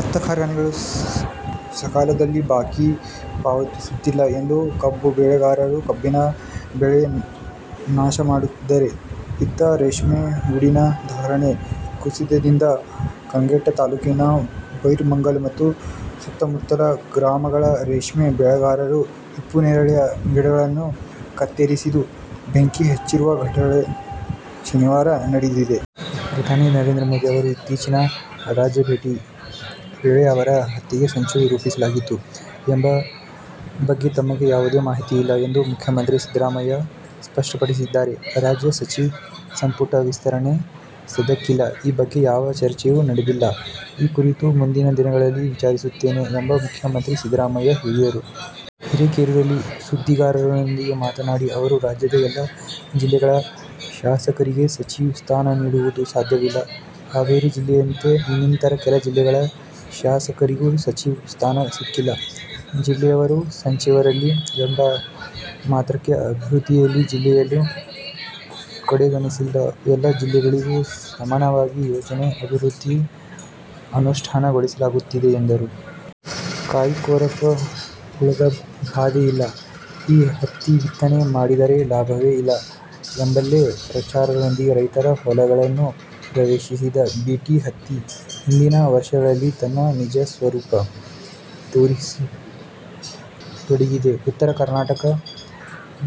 ಅತ್ತ ಕಾರ್ಖಾನೆಗಳು ಸಕಾಲದಲ್ಲಿ ಬಾಕಿ ಪಾವತಿಸುತ್ತಿಲ್ಲ ಎಂದು ಕಬ್ಬು ಬೆಳೆಗಾರರು ಕಬ್ಬಿನ ಬೆಳೆ ನಾಶ ಮಾಡುತ್ತಿದ್ದರೆ, ಇತ್ತ ರೇಷ್ಮೆ ಗೂಡಿನ ಧಾರಣೆ ಕುಸಿತದಿಂದ ಕಂಗೆಟ್ಟ ತಾಲೂಕಿನ ಬೈರಮಂಗಲ ಮತ್ತು ಸುತ್ತಮುತ್ತಲ ಗ್ರಾಮಗಳ ರೇಷ್ಮೆ ಬೆಳೆಗಾರರು ಹಿಪ್ಪುನೇರಳೆ ಗಿಡಗಳನ್ನು ಕಿತ್ತೆಸೆದು, ಬೆಂಕಿ ಹಚ್ಚಿರುವ ಘಟನೆ ಶನಿವಾರ ನಡೆದಿದೆ. ಪ್ರಧಾನಿ ನರೇಂದ್ರ ಮೋದಿ ಅವರ ಇತ್ತೀಚಿನ ರಾಜ್ಯ ಭೇಟಿ ವೇಳೆ ಅವರ ಹತ್ಯೆಗೆ ಸಂಚು ರೂಪಿಸಲಾಗಿತ್ತು ಎಂಬ ಬಗ್ಗೆ ತಮಗೆ ಯಾವುದೇ ಮಾಹಿತಿ ಇಲ್ಲ ಎಂದು ಮುಖ್ಯಮಂತ್ರಿ ಸಿದ್ದರಾಮಯ್ಯ ಸ್ಪಷ್ಟಪಡಿಸಿದ್ದಾರೆ. ರಾಜ್ಯ ಸಚಿವ ಸಂಪುಟ ವಿಸ್ತರಣೆ ಸದ್ಯಕ್ಕಿಲ್ಲ. ಈ ಬಗ್ಗೆ ಯಾವ ಚರ್ಚೆಯೂ ನಡೆದಿಲ್ಲ. ಈ ಕುರಿತು ಮುಂದಿನ ದಿನಗಳಲ್ಲಿ ವಿಚಾರಿಸುತ್ತೇನೆ ಎಂದು ಮುಖ್ಯಮಂತ್ರಿ ಸಿದ್ದರಾಮಯ್ಯ ಹೇಳಿದರು. ಹಿರೇಕೆರೂರಲ್ಲಿ ಸುದ್ದಿಗಾರರೊಂದಿಗೆ ಮಾತನಾಡಿದ ಅವರು, ರಾಜ್ಯದ ಎಲ್ಲ ಜಿಲ್ಲೆಗಳ ಶಾಸಕರಿಗೆ ಸಚಿವ ಸ್ಥಾನ ನೀಡುವುದು ಸಾಧ್ಯವಿಲ್ಲ. ಹಾವೇರಿ ಜಿಲ್ಲೆಯಂತೆ ಇನ್ನಿತರ ಕೆಲ ಜಿಲ್ಲೆಗಳ ಶಾಸಕರಿಗೂ ಸಚಿವ ಸ್ಥಾನ ಸಿಕ್ಕಿಲ್ಲ. ಜಿಲ್ಲೆಯವರು ಸಚಿವರಿಲ್ಲ ಎಂದ ಮಾತ್ರಕ್ಕೆ ಅಭಿವೃದ್ಧಿಯಲ್ಲಿ ಜಿಲ್ಲೆಯನ್ನು ಕಡೆಗಣಿಸಿಲ್ಲ. ಎಲ್ಲ ಜಿಲ್ಲೆಗಳಿಗೂ ಸಮಾನವಾಗಿ ಯೋಜನೆ, ಅಭಿವೃದ್ಧಿ ಅನುಷ್ಠಾನಗೊಳಿಸಲಾಗುತ್ತಿದೆ ಎಂದರು. ಕಾಯಿಕೊರಕ ಹುಳದ ಬಾಧೆ ಇಲ್ಲ. ಈ ಹತ್ತಿ ಬಿತ್ತನೆ ಮಾಡಿದರೆ ಲಾಭವೇ ಎಲ್ಲ ಎಂಬೆಲ್ಲ ಪ್ರಚಾರದೊಂದಿಗೆ ರೈತರ ಹೊಲಗಳನ್ನು ಪ್ರವೇಶಿಸಿದ ಬಿ. ಟಿ. ಹತ್ತಿ ಹಿಂದಿನ ವರ್ಷಗಳಲ್ಲಿ ತನ್ನ ನಿಜ ಸ್ವರೂಪ ತೋರಿಸತೊಡಗಿದೆ. ಉತ್ತರ ಕರ್ನಾಟಕದ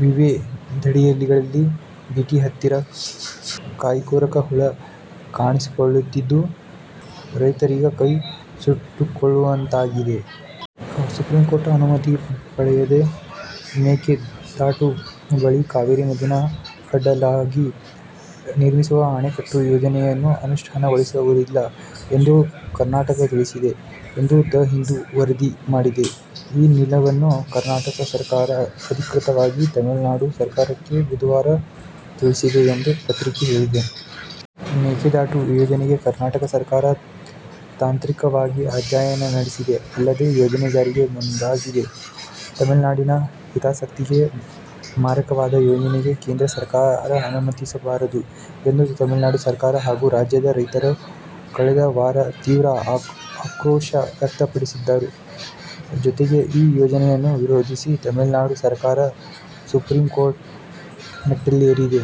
ವಿವಿಧೆಡೆಗಳಲ್ಲಿ ಬಿ. ಟಿ. ಹತ್ತಿಗೆ ಕಾಯಿಕೊರಕ ಹುಳ ಕಾಣಿಸಿಕೊಂಡಿದ್ದು, ರೈತರೀಗ ಕೈ ಸುಟ್ಟುಕೊಳ್ಳುವಂತಾಗಿದೆ. ಸುಪ್ರೀಂಕೋರ್ಟ್ ಅನುಮತಿ ಪಡೆಯದೇ ಮೇಕೆ ದಾಟು ಬಳಿ ಕಾವೇರಿ ನದಿಗೆ ಅಡ್ಡಲಾಗಿ ನಿರ್ಮಿಸುವ ಅಣೆಕಟ್ಟು ಯೋಜನೆಯನ್ನು ಅನುಷ್ಠಾನಗೊಳಿಸುವುದಿಲ್ಲ ಎಂದು ಕರ್ನಾ ಟಕ ತಿಳಿಸಿದೆ ಎಂದು "ದ ಹಿಂದು' ವರದಿ ಮಾಡಿದೆ. ಈ ನಿಲುವನ್ನು ಕರ್ನಾಟಕ ಸರ್ಕಾರ, ಅಧಿಕೃತವಾಗಿ ತಮಿಳುನಾಡು ಸರ್ಕಾರಕ್ಕೆ ಬುಧವಾರ ತಿಳಿಸಿದೆ ಎಂದು ಪತ್ರಿಕೆ ಹೇಳಿದೆ. "ಮೇಕೆದಾಟು ಯೋಜನೆಗೆ ಕರ್ನಾಟಕ ಸರ್ಕಾರ ತಾಂತ್ರಿಕವಾಗಿ ಅಧ್ಯಯನ ನಡೆಸಿದೆ. ಅಲ್ಲದೇ ಯೋಜನೆ ಜಾರಿಗೆ ಮುಂದಾಗಿದೆ. ತಮಿಳ್ನಾಡಿನ ಹಿತಾಸಕ್ತಿಗೆ ಮಾರಕವಾದ ಯೋಜನೆಗೆ ಕೇಂದ್ರ ಸರ್ಕಾರ ಅನುಮತಿಸಬಾರದು' ಎಂದು ತಮಿಳುನಾಡು ಸರ್ಕಾರ ಹಾಗೂ ರಾಜ್ಯದ ರೈತರು ಕಳೆದ ವಾರ ತೀವ್ರ ಆಕ್ರೋಶ ವ್ಯಕ್ತಪಡಿಸಿದ್ದರು. ಜತೆಗೆ ಈ ಯೋಜನೆಯನ್ನು ವಿರೋಧಿಸಿ ತಮಿಳುನಾಡು ಸರ್ಕಾರ ಸುಪ್ರೀಕೋರ್ಟ್ ಮೆಟ್ಟಿಲೇರಿದೆ.